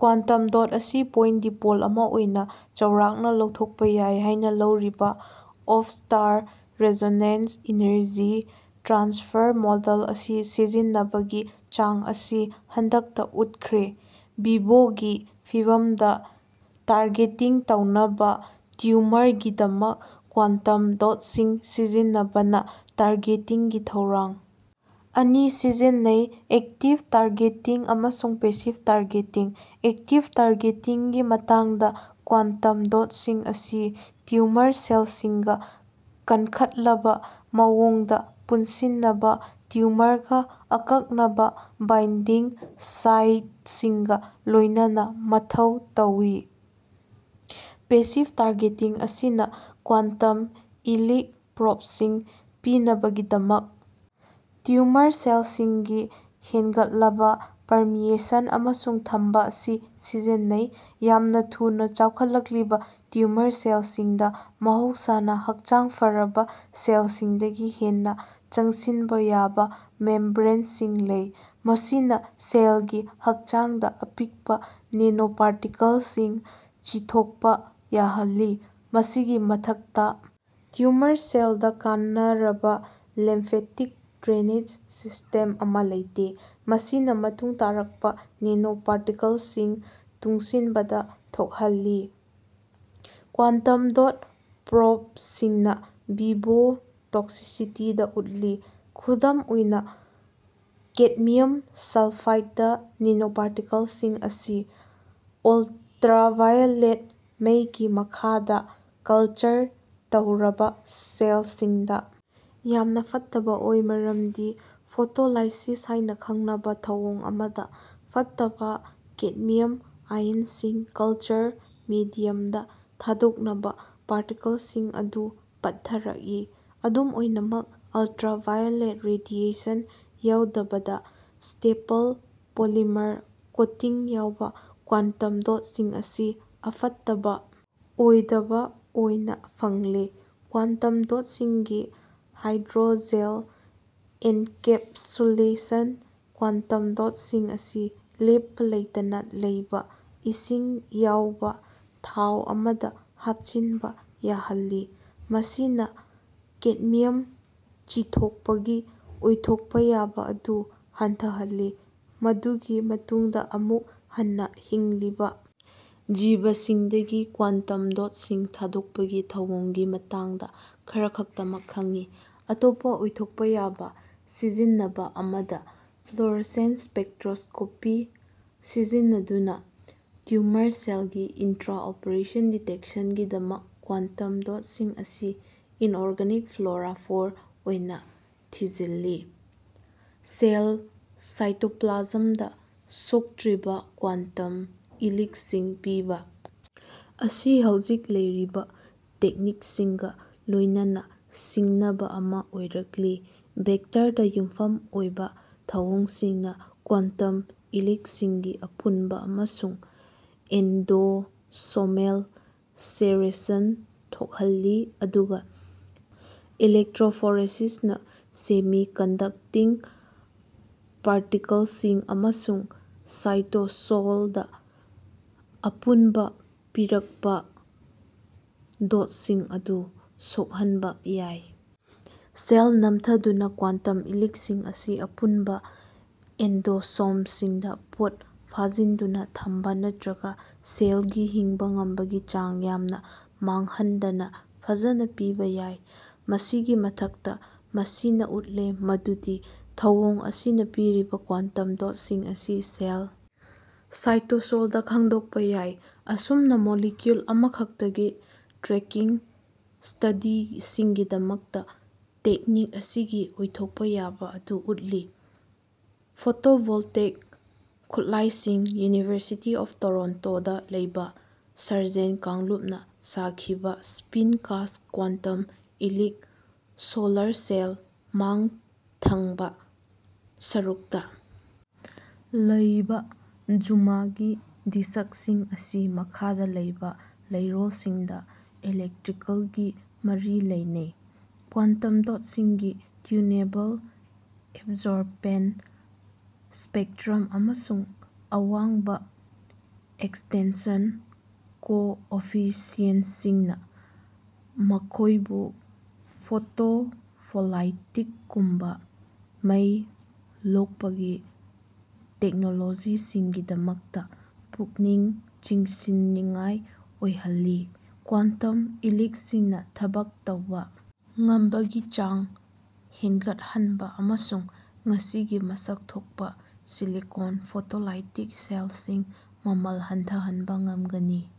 Quantum dot ꯑꯁꯤ point dipole ꯑꯃ ꯑꯣꯏꯅ ꯆꯥꯎꯔꯥꯛꯅ ꯂꯧꯊꯣꯛꯄ ꯌꯥꯏ ꯍꯥꯏꯅ ꯂꯧꯔꯤꯕ Forster resonance energy transfer model ꯑꯁꯤ ꯁꯤꯖꯤꯟꯅꯕꯒꯤ ꯆꯥꯡ ꯑꯁꯤ ꯍꯟꯗꯛꯇ ꯎꯠꯈ꯭ꯔꯦ꯫ ꯚꯤꯚꯣꯒꯤ ꯐꯤꯚꯝꯗ ꯇꯔꯒꯦꯇꯤꯡ ꯇꯧꯅꯕ ꯇ꯭ꯌꯨꯃꯔꯒꯤꯗꯃꯛ ꯀ꯭ꯋꯥꯟꯇꯝ ꯗꯣꯠꯁꯤꯡ ꯁꯤꯖꯤꯟꯅꯕꯅ ꯇ꯭ꯔꯒꯦꯇꯤꯡꯒꯤ ꯊꯧꯔꯥꯡ ꯑꯅꯤ ꯁꯤꯖꯤꯟꯅꯩ: ꯑꯦꯛꯇꯤꯚ ꯇꯥꯔꯒꯦꯇꯤꯡ ꯑꯃꯁꯨꯡ ꯄꯦꯁꯤꯚ ꯇꯥꯔꯒꯦꯇꯤꯡ꯫ ꯑꯦꯛꯇꯤꯚ ꯇꯥꯔꯒꯦꯇꯤꯡꯒꯤ ꯃꯇꯥꯡꯗ ꯀ꯭ꯋꯥꯟꯇꯝ ꯗꯣꯠꯁꯤꯡ ꯑꯁꯤ ꯇ꯭ꯌꯨꯃꯔ ꯁꯦꯜꯁꯤꯡꯒ ꯈꯟꯒꯠꯂꯕ ꯃꯑꯣꯡꯗ ꯄꯨꯟꯁꯤꯟꯅꯕ ꯇ꯭ꯌꯨꯃꯔꯒ ꯑꯀꯛꯅꯕ ꯕꯥꯏꯟꯗꯤꯡ ꯁꯥꯏꯠꯁꯤꯡꯒ ꯂꯣꯏꯅꯅ ꯃꯊꯧ ꯇꯧꯋꯤ ꯫ ꯄꯦꯁꯤꯚ ꯇꯥꯔꯒꯦꯇꯤꯡ ꯑꯁꯤꯅ ꯀ꯭ꯋꯥꯟꯇꯝ ꯏꯂꯤꯛ ꯄ꯭ꯔꯣꯕꯁꯤꯡ ꯄꯤꯅꯕꯒꯤꯗꯃꯛ ꯇ꯭ꯌꯨꯃꯔ ꯁꯦꯜꯁꯤꯡꯒꯤ ꯍꯦꯟꯒꯠꯂꯕ ꯄꯔꯃꯤꯌꯦꯁꯟ ꯑꯃꯁꯨꯡ ꯊꯝꯕ ꯑꯁꯤ ꯁꯤꯖꯤꯟꯅꯩ ꯫ ꯌꯥꯝꯅ ꯊꯨꯅ ꯆꯥꯎꯈꯠꯂꯛꯂꯤꯕ ꯇ꯭ꯌꯨꯃꯔ ꯁꯦꯜꯁꯤꯡꯗ ꯃꯍꯧꯁꯥꯅ ꯍꯛꯆꯥꯡ ꯐꯔꯕ ꯁꯦꯜꯁꯤꯡꯗꯒꯤ ꯍꯦꯟꯅ ꯆꯪꯁꯤꯟꯕ ꯌꯥꯕ ꯃꯦꯝꯕ꯭ꯔꯦꯟꯁꯤꯡ ꯂꯩ꯫ ꯃꯁꯤꯅ ꯁꯦꯜꯒꯤ ꯍꯛꯆꯥꯡꯗ ꯑꯄꯤꯛꯄ ꯅꯦꯅꯣꯄꯥꯔꯇꯤꯀꯜꯁꯤꯡ ꯆꯤꯊꯣꯛꯄ ꯌꯥꯍꯜꯂꯤ ꯫ ꯃꯁꯤꯒꯤ ꯃꯊꯛꯇ ꯇ꯭ꯌꯨꯃꯔ ꯁꯦꯜꯁꯤꯡꯗ ꯀꯥꯟꯅꯔꯕ ꯂꯤꯝꯐꯦꯇꯤꯛ ꯗ꯭ꯔꯦꯅꯦꯖ ꯁꯤꯁꯇꯦꯝ ꯑꯃ ꯂꯩꯇꯦ꯫ ꯃꯁꯤꯅ ꯃꯇꯨꯡ ꯇꯥꯔꯛꯄ ꯅꯦꯅꯣꯄꯥꯔꯇꯤꯀꯜꯁꯤꯡ ꯇꯨꯡꯁꯤꯟꯕꯗ ꯊꯣꯛꯍꯜꯂꯤ꯫ ꯀ꯭ꯋꯥꯟꯇꯝ ꯗꯣꯠ ꯄ꯭ꯔꯣꯕꯁꯤꯡꯅ ꯚꯤꯚꯣ ꯇꯣꯛꯁꯤꯁꯤꯇꯤꯗ ꯎꯠꯂꯤ꯫ ꯈꯨꯗꯝ ꯑꯣꯏꯅ ꯀꯦꯗꯃꯤꯌꯝ ꯁꯜꯐꯥꯏꯗ ꯅꯦꯅꯣꯀ꯭ꯔꯤꯁꯇꯜꯁꯤꯡ ꯑꯁꯤ ꯑꯜꯇ꯭ꯔꯥ ꯚꯥꯏꯌꯣꯂꯦꯠ ꯃꯩꯒꯤ ꯃꯈꯥꯗ ꯀꯜꯆꯔ ꯇꯧꯔꯕ ꯁꯦꯜꯁꯤꯡꯗ ꯌꯥꯝꯅ ꯐꯠꯇꯕ ꯑꯣꯏ, ꯃꯔꯝꯗꯤ ꯐꯣꯇꯣꯂꯥꯏꯁꯤꯁ ꯍꯥꯏꯅ ꯈꯪꯅꯕ ꯊꯧꯑꯣꯡ ꯑꯃꯗ, ꯐꯠꯇꯕ ꯀꯦꯗꯃꯤꯌꯝ ꯑꯥꯏꯟꯁꯤꯡ ꯀꯜꯆꯔ ꯃꯦꯗꯤꯌꯝꯗ ꯊꯥꯗꯣꯛꯅꯕ ꯄꯥꯔꯇꯤꯀꯜꯁꯤꯡ ꯑꯗꯨ ꯄꯠꯊꯔꯛꯏ ꯫ ꯑꯗꯨꯝ ꯑꯣꯏꯅꯃꯛ ꯑꯜꯇ꯭ꯔꯥ ꯚꯥꯏꯌꯣꯂꯦꯠ ꯔꯦꯗꯤꯌꯦꯁꯟ ꯌꯥꯎꯗꯕꯗ ꯁ꯭ꯇꯦꯄꯜ ꯄꯣꯂꯤꯃꯔ ꯀꯣꯇꯤꯡ ꯌꯥꯎꯕ ꯀ꯭ꯋꯥꯟꯇꯝ ꯗꯣꯠꯁꯤꯡ ꯑꯁꯤ ꯑꯐꯠꯇꯕ ꯑꯣꯏꯗꯕ ꯑꯣꯏꯅ ꯐꯪꯂꯦ ꯫ ꯀ꯭ꯋꯥꯟꯇꯝ ꯗꯣꯠꯁꯤꯡꯒꯤ ꯍꯥꯏꯗ꯭ꯔꯣꯖꯦꯜ ꯑꯦꯟꯀꯦꯞꯁꯨꯂꯦꯁꯟ ꯀ꯭ꯋꯥꯟꯇꯝ ꯗꯣꯠꯁꯤꯡ ꯑꯁꯤ ꯂꯦꯞꯄ ꯂꯩꯇꯅ ꯂꯩꯕ ꯏꯁꯤꯡ ꯌꯥꯎꯕ ꯊꯥꯎ ꯑꯃꯗ ꯍꯥꯞꯆꯤꯟꯕ ꯌꯥꯍꯜꯂꯤ꯫ ꯃꯁꯤꯅ ꯀꯦꯗꯃꯤꯌꯝ ꯆꯤꯊꯣꯛꯄꯒꯤ ꯑꯣꯏꯊꯣꯛꯄ ꯌꯥꯕ ꯑꯗꯨ ꯍꯟꯊꯍꯜꯂꯤ ꯫ ꯃꯗꯨꯒꯤ ꯃꯇꯨꯡꯗ ꯑꯃꯨꯛ ꯍꯟꯅ ꯍꯤꯡꯂꯤꯕ ꯖꯤꯕꯁꯤꯡꯗꯒꯤ ꯀ꯭ꯋꯥꯟꯇꯝ ꯗꯣꯠꯁꯤꯡ ꯊꯥꯗꯣꯛꯄꯒꯤ ꯊꯧꯑꯣꯡꯒꯤ ꯃꯇꯥꯡꯗ ꯈꯔꯈꯛꯇꯃꯛ ꯈꯪꯉꯤ꯫ ꯑꯇꯣꯞꯄ ꯑꯣꯏꯊꯣꯛꯄ ꯌꯥꯕ ꯁꯤꯖꯤꯟꯅꯕ ꯑꯃꯗ ꯐ꯭ꯂꯣꯔꯣꯁꯦꯟꯁ ꯁ꯭ꯄꯦꯛꯇ꯭ꯔꯣꯁ꯭ꯀꯣꯄꯤ ꯁꯤꯖꯤꯟꯅꯗꯨꯅ ꯇ꯭ꯌꯨꯃꯔꯁꯤꯡꯒꯤ ꯏꯟꯇ꯭ꯔꯥ-ꯑꯣꯄꯔꯦꯁꯟ ꯗꯤꯇꯦꯛꯁꯟꯒꯤꯗꯃꯛ ꯀ꯭ꯋꯥꯟꯇꯝ ꯗꯣꯠꯁꯤꯡ ꯑꯁꯤ ꯏꯟꯑꯣꯔꯒꯅꯤꯛ ꯐ꯭ꯂꯣꯔꯥꯐꯣꯔ ꯑꯣꯏꯅ ꯊꯤꯖꯤꯜꯂꯤ ꯫ ꯁꯦꯜ ꯁꯥꯏꯇꯣꯄ꯭ꯂꯥꯖꯝꯗ ꯁꯣꯛꯇ꯭ꯔꯤꯕ ꯀ꯭ꯋꯥꯟꯇꯝ ꯏꯂꯤꯛꯁꯤꯡ ꯄꯤꯕ ꯑꯁꯤ ꯍꯧꯖꯤꯛ ꯂꯩꯔꯤꯕ ꯇꯦꯛꯅꯤꯛꯁꯤꯡꯒ ꯂꯣꯏꯅꯅ ꯁꯤꯡꯅꯕ ꯑꯃ ꯑꯣꯏꯔꯛꯂꯤ ꯫ ꯚꯦꯛꯇꯔꯗ ꯌꯨꯝꯐꯝ ꯑꯣꯏꯕ ꯊꯧꯑꯣꯡꯁꯤꯡꯅ ꯀ꯭ꯋꯥꯟꯇꯝ ꯏꯂꯤꯛꯁꯤꯡꯒꯤ ꯑꯄꯨꯟꯕ ꯑꯃꯁꯨꯡ ꯑꯦꯟꯗꯣꯁꯣꯃꯦꯜ ꯁꯦꯔꯦꯁꯟ ꯊꯣꯛꯍꯜꯂꯤ ꯑꯗꯨꯒ ꯏꯂꯦꯛꯇ꯭ꯔꯣꯄꯣꯔꯦꯁꯟꯅ ꯁꯦꯃꯤ-ꯀꯟꯗꯛꯇꯤꯡ ꯄꯥꯔꯇꯤꯀꯜꯁꯤꯡ ꯑꯃꯁꯨꯡ ꯁꯥꯏꯇꯣꯁꯣꯜꯗ ꯑꯄꯨꯟꯕ ꯄꯤꯔꯛꯄ ꯗꯣꯠꯁꯤꯡ ꯑꯗꯨ ꯁꯣꯛꯍꯟꯕ ꯌꯥꯏ ꯫ ꯁꯦꯜ ꯅꯝꯊꯗꯨꯅ ꯀ꯭ꯋꯥꯟꯇꯝ ꯏꯂꯤꯛꯁꯤꯡ ꯑꯁꯤ ꯑꯄꯨꯟꯕ ꯑꯦꯟꯗꯣꯁꯣꯝꯁꯤꯡꯗ ꯄꯣꯠ ꯐꯥꯖꯤꯟꯗꯨꯅ ꯊꯝꯕ ꯅꯠꯇ꯭ꯔꯒ ꯁꯦꯜꯒꯤ ꯍꯤꯡꯕ ꯉꯝꯕꯒꯤ ꯆꯥꯡ ꯌꯥꯝꯅ ꯃꯥꯡꯍꯟꯗꯅ ꯐꯖꯅ ꯄꯤꯕ ꯌꯥꯏ ꯫ ꯃꯁꯤꯒꯤ ꯃꯊꯛꯇ ꯃꯁꯤꯅ ꯎꯠꯂꯦ ꯃꯗꯨꯗꯤ ꯊꯧꯑꯣꯡ ꯑꯁꯤꯅ ꯄꯤꯔꯤꯕ ꯀ꯭ꯋꯥꯟꯇꯝ ꯗꯣꯠꯁꯤꯡ ꯑꯁꯤ ꯁꯦꯜ ꯁꯥꯏꯇꯣꯁꯣꯜꯗ ꯈꯪꯗꯣꯛꯄ ꯌꯥꯏ꯫ ꯑꯁꯨꯝꯅ ꯃꯣꯂꯤꯀ꯭ꯌꯨꯜ ꯑꯃꯈꯛꯇꯒꯤ ꯇ꯭ꯔꯦꯀꯤꯡ ꯁ꯭ꯇꯗꯤꯁꯤꯡꯒꯤꯗꯃꯛꯇ ꯇꯦꯛꯅꯤꯛ ꯑꯁꯤꯒꯤ ꯑꯣꯏꯊꯣꯛꯄ ꯌꯥꯕ ꯑꯗꯨ ꯎꯠꯂꯤ ꯫ ꯐꯣꯇꯣꯚꯣꯜꯇꯥꯏꯛ ꯈꯨꯠꯂꯥꯏꯁꯤꯡ ꯌꯨꯅꯤꯚꯔꯁꯤꯇꯤ ꯑꯣꯐ ꯇꯣꯔꯣꯟꯇꯣꯗ ꯂꯩꯕ ꯁꯔꯖꯦꯟ ꯀꯥꯡꯂꯨꯞꯅ ꯁꯥꯈꯤꯕ ꯁ꯭ꯄꯤꯟ-ꯀꯥꯁ ꯀ꯭ꯋꯥꯟꯇꯝ ꯏꯂꯤꯛ ꯁꯣꯂꯔ ꯁꯦꯜ ꯫ ꯃꯥꯡ ꯊꯪꯕ ꯁꯔꯨꯛꯇ ꯂꯩꯕ ꯙꯥꯃꯒꯤ ꯗꯤꯁꯛꯁꯤꯡ ꯑꯁꯤ ꯃꯈꯥꯗ ꯂꯩꯕ ꯂꯩꯔꯣꯜꯁꯤꯡꯗ ꯏꯂꯦꯛꯇ꯭ꯔꯤꯀꯦꯜꯒꯤ ꯃꯔꯤ ꯂꯩꯅꯩ ꯫ ꯀ꯭ꯋꯥꯟꯇꯝ ꯗꯣꯠꯁꯤꯡꯒꯤ ꯇ꯭ꯌꯨꯅꯦꯕꯜ ꯑꯦꯕꯖꯣꯔꯄꯟ ꯁ꯭ꯄꯦꯛꯇ꯭ꯔꯝ ꯑꯃꯁꯨꯡ ꯑꯋꯥꯡꯕ ꯏꯛ꯭ꯁꯇꯤꯟꯁꯟ ꯀꯣꯑꯣꯐꯤꯁꯤꯑꯦꯟꯁꯤꯡꯅ ꯃꯈꯣꯏꯕꯨ ꯐꯣꯇꯣꯚꯣꯜꯇꯥꯏꯛꯒꯨꯝꯕ ꯃꯩ ꯂꯣꯛꯄꯒꯤ ꯇꯦꯛꯅꯣꯂꯣꯖꯤꯁꯤꯡꯒꯤꯗꯃꯛꯇ ꯄꯨꯛꯅꯤꯡ ꯆꯤꯡꯁꯤꯟꯅꯤꯡꯉꯥꯏ ꯑꯣꯏꯍꯜꯂꯤ ꯫ ꯀ꯭ꯋꯥꯟꯇꯝ ꯏꯂꯤꯛꯁꯤꯡꯅ ꯊꯕꯛ ꯇꯧꯕ ꯉꯝꯕꯒꯤ ꯆꯥꯡ ꯍꯦꯟꯒꯠꯍꯟꯕ ꯑꯃꯁꯨꯡ ꯉꯁꯤꯒꯤ ꯃꯁꯛ ꯊꯣꯛꯄ ꯁꯤꯂꯤꯀꯣꯟ ꯐꯣꯇꯣꯚꯣꯜꯇꯥꯏꯛ ꯁꯦꯜꯁꯤꯡ ꯃꯃꯜ ꯍꯟꯊꯍꯟꯕ ꯉꯝꯒꯅꯤ ꯫